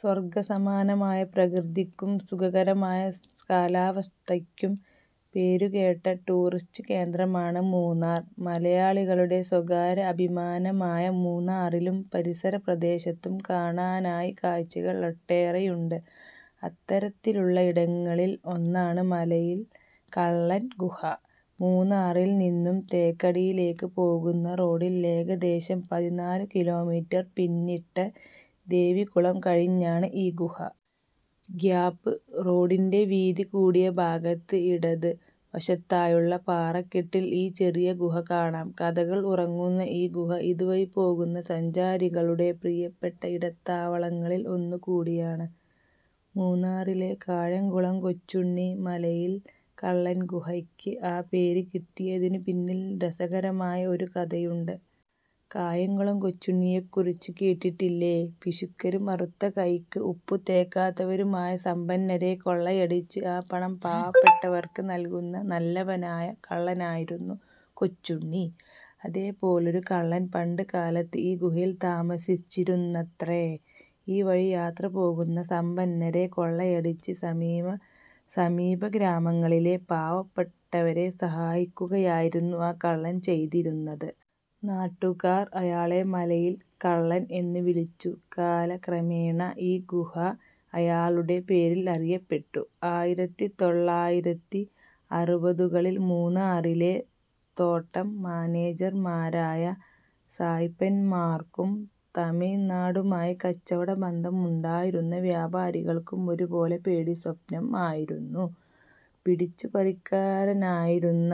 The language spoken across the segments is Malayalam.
സ്വർഗ്ഗ സമാനമായ പ്രകൃതിക്കും സുഖകരമായ കാലാവസ്ഥയ്ക്കും പേരുകേട്ട ടൂറിസ്റ്റ് കേന്ദ്രമാണ് മൂന്നാർ. മലയാളികളുടെ സ്വകാര്യ അഭിമാനമായ മൂന്നാറിലും പരിസരപ്രദേശത്തും കാണാനായി കാഴ്ചകൾ ഒട്ടേറെയുണ്ട്. അത്തരത്തിലുള്ള ഇടങ്ങളിൽ ഒന്നാണ് മലയിൽ കള്ളൻ ഗുഹ. മൂന്നാറിൽ നിന്നും തേക്കടിയിലേക്ക് പോകുന്ന റോഡിൽ, ഏകദേശം പതിനാലു കിലോമീറ്റർ പിന്നിട്ട്, ദേവികുളം കഴിഞ്ഞാണ് ഈ ഗുഹ. ഗ്യാപ്പ് റോഡിന്റെ വീതി കൂടിയഭാഗത്ത്, ഇടത് വശത്തായുള്ള പാറക്കെട്ടിൽ ഈ ചെറിയ ഗുഹ കാണാം. കഥകൾ ഉറങ്ങുന്ന ഈ ഗുഹ ഇതുവഴി പോകുന്ന സഞ്ചാരികളുടെ പ്രിയപ്പെട്ട ഇടത്താവളങ്ങളിൽ ഒന്നുകൂടിയാണ്. മൂന്നാറിലെ കായംകുളം കൊച്ചുണ്ണി! മലയിൽ കള്ളൻ ഗുഹയ്ക്ക് ആ പേര് കിട്ടിയതിനു പിന്നിൽ രസകരമായ ഒരു കഥയുണ്ട്. കായംകുളം കൊച്ചുണ്ണിയെക്കുറിച്ച് കേട്ടിട്ടില്ലേ? പിശുക്കരും അറുത്ത കൈക്ക് ഉപ്പുതേക്കാത്തവരുമായ സമ്പന്നരെ കൊള്ളയടിച്ച്, ആ പണം പാവപ്പെട്ടവർക്ക് നൽകുന്ന നല്ലവനായ കള്ളനായിരുന്നു കൊച്ചുണ്ണി. അതേ പോലൊരു കള്ളൻ പണ്ട് കാലത്ത് ഈ ഗുഹയിൽ താമസിച്ചിരുന്നത്രേ. ഈ വഴി യാത്ര ചെയ്യുന്ന സമ്പന്നരെ കൊള്ളയടിച്ച് സമീപ ഗ്രാമങ്ങളിലെ പാവപ്പെട്ടവരെ സഹായിക്കുകയായിരുന്നു ആ കള്ളൻ ചെയ്തിരുന്നത്. നാട്ടുകാർ അയാളെ ' മലയിൽ കള്ളൻ ' എന്ന് വിളിച്ചു. കാലക്രമേണ, ഈ ഗുഹ അയാളുടെ പേരിൽ അറിയപ്പെട്ടു. ആയിരത്തിതൊള്ളായിരത്തിഅറുപതുകളിൽ മൂന്നാറിലെ തോട്ടം മാനേജർമാരായ സായ്പന്മാർക്കും തമിഴ്നാടുമായി കച്ചവട ബന്ധം ഉണ്ടായിരുന്ന വ്യാപാരികൾക്കും ഒരുപോലെ പേടിസ്വപ്നം ആയിരുന്നു പിടിച്ചുപറിക്കാരനായിരുന്ന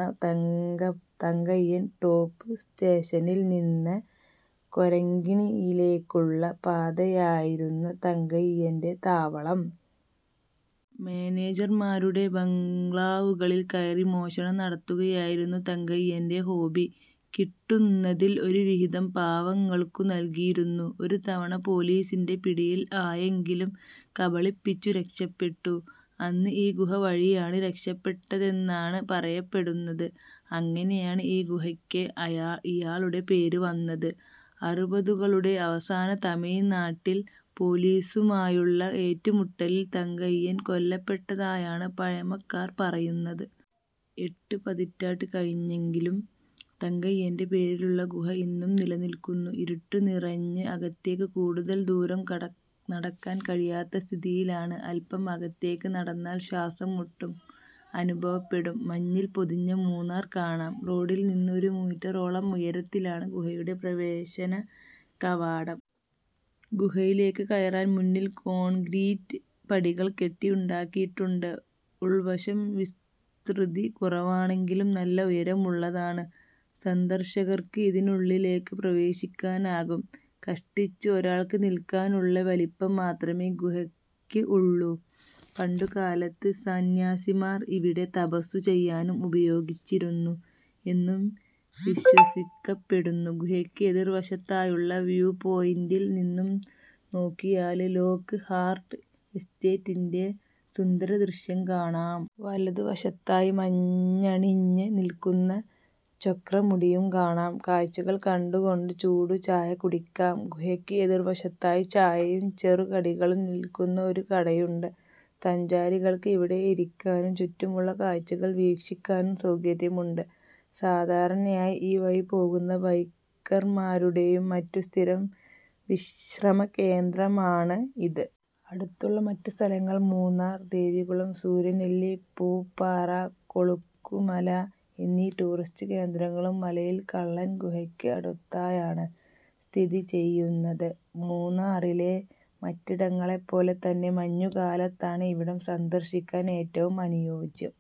തങ്കയ്യൻ. ടോപ് സ്റ്റേഷനിൽ നിന്ന് കൊരങ്കിണിയിലേക്കുള്ള പാതയായിരുന്നു തങ്കയ്യന്റെ താവളം. മാനേജർമാരുടെ ബംഗ്ലാവുകളിൽ കയറി മോഷണം നടത്തുകയായിരുന്നു തങ്കയ്യന്റെ ഹോബി. കിട്ടുന്നതിൽ ഒരു വിഹിതം പാവങ്ങൾക്കു നൽകിയിരുന്നു. ഒരുതവണ പൊലീസിന്റെ പിടിയിൽ ആയെങ്കിലും കബളിപ്പിച്ചു രക്ഷപ്പെട്ടു. അന്ന് ഈ ഗുഹ വഴിയാണ് രക്ഷപ്പെട്ടതെന്നാണ് പറയപ്പെടുന്നത്. അങ്ങനെയാണ് ഈ ഗുഹയ്ക്ക് ഇയാളുടെ പേര് വന്നത്. അറുപതുകളുടെ അവസാനം തമിഴ്നാട്ടിൽ പൊലീസുമായുള്ള ഏറ്റുമുട്ടലിൽ തങ്കയ്യൻ കൊല്ലപ്പെട്ടതായാണ് പഴമക്കാർ പറയുന്നത്. എട്ട് പതിറ്റാണ്ട് കഴിഞ്ഞെങ്കിലും തങ്കയ്യന്റെ പേരിലുള്ള ഗുഹ ഇന്നും നിലനിൽക്കുന്നു. ഇരുട്ട് നിറഞ്ഞ് അകത്തേക്ക് കൂടുതൽ ദൂരം നടക്കാൻ കഴിയാത്ത സ്ഥിതിയിലാണ്. അൽപം അകത്തേക്ക് നടന്നാൽ ശ്വാസംമുട്ടും അനുഭവപ്പെടും. മഞ്ഞിൽ പൊതിഞ്ഞ മൂന്നാർ കാണാം റോഡിൽ നിന്ന് ഒരു മീറ്ററോളം ഉയരത്തിലാണ് ഗുഹയുടെ പ്രവേശന കവാടം. ഗുഹയിലേക്ക് കയറാൻ മുന്നിൽ കോൺക്രീറ്റ് പടികൾ കെട്ടി ഉണ്ടാക്കിയിട്ടുണ്ട്. ഉൾവശം വിസ്തൃതി കുറവാണെങ്കിലും നല്ല ഉയരമുള്ളതാണ്. സന്ദർശകർക്ക് ഇതിനുള്ളിലേക്ക് പ്രവേശിക്കാനാവും. കഷ്ടിച്ച് ഒരാൾക്ക് നിൽക്കാനുള്ള വലിപ്പം മാത്രമേ ഗുഹയ്ക്ക് ഉള്ളു. പണ്ടുകാലത്ത് സന്യാസിമാർ ഇവിടെ തപസ്സു ചെയ്യാനും ഉപയോഗിച്ചിരുന്നു എന്നും വിശ്വസിക്കപ്പെടുന്നു. ഗുഹക്ക് എതിർ വശത്തായുള്ള വ്യൂപോയിന്റിൽ നിന്നും നോക്കിയാല് ലോക്ക് ഹാർട്ട് എസ്റ്റേറ്റിന്റെ സുന്ദരദൃശ്യം കാണാം. വലത് വശത്തായി മഞ്ഞണിഞ്ഞ് നിൽക്കുന്ന ചൊക്രമുടിയും കാണാം. കാഴ്ചകൾ കണ്ടുകൊണ്ട് ചൂടുചായ കുടിക്കാം ഗുഹയ്ക്ക് എതിർവശത്തായി ചായയും ചെറുകടികളും വിൽക്കുന്ന ഒരു കടയുണ്ട്. സഞ്ചാരികൾക്ക് ഇവിടെ ഇരിക്കാനും ചുറ്റുമുള്ള കാഴ്ചകൾ വീക്ഷിക്കാനും സൗകര്യമുണ്ട്. സാധാരണയായി ഈ വഴി പോകുന്ന ബൈക്കർമാരുടെയും മറ്റും സ്ഥിരം വിശ്രമകേന്ദ്രമാണ് ഇത്. അടുത്തുള്ള മറ്റ് സ്ഥലങ്ങൾ മൂന്നാർ, ദേവികുളം, സൂര്യനെല്ലി, പൂപ്പാറ, കൊളുക്കുമല എന്നീ ടൂറിസ്റ്റ് കേന്ദ്രങ്ങളും മലയിൽ കള്ളൻ ഗുഹയ്ക്ക് അടുത്തായാണ് സ്ഥിതിചെയ്യുന്നത്. മൂന്നാറിലെ മറ്റിടങ്ങളെപ്പോലെ തന്നെ മഞ്ഞുകാലത്താണ് ഇവിടം സന്ദർശിക്കാൻ ഏറ്റവും അനുയോജ്യം.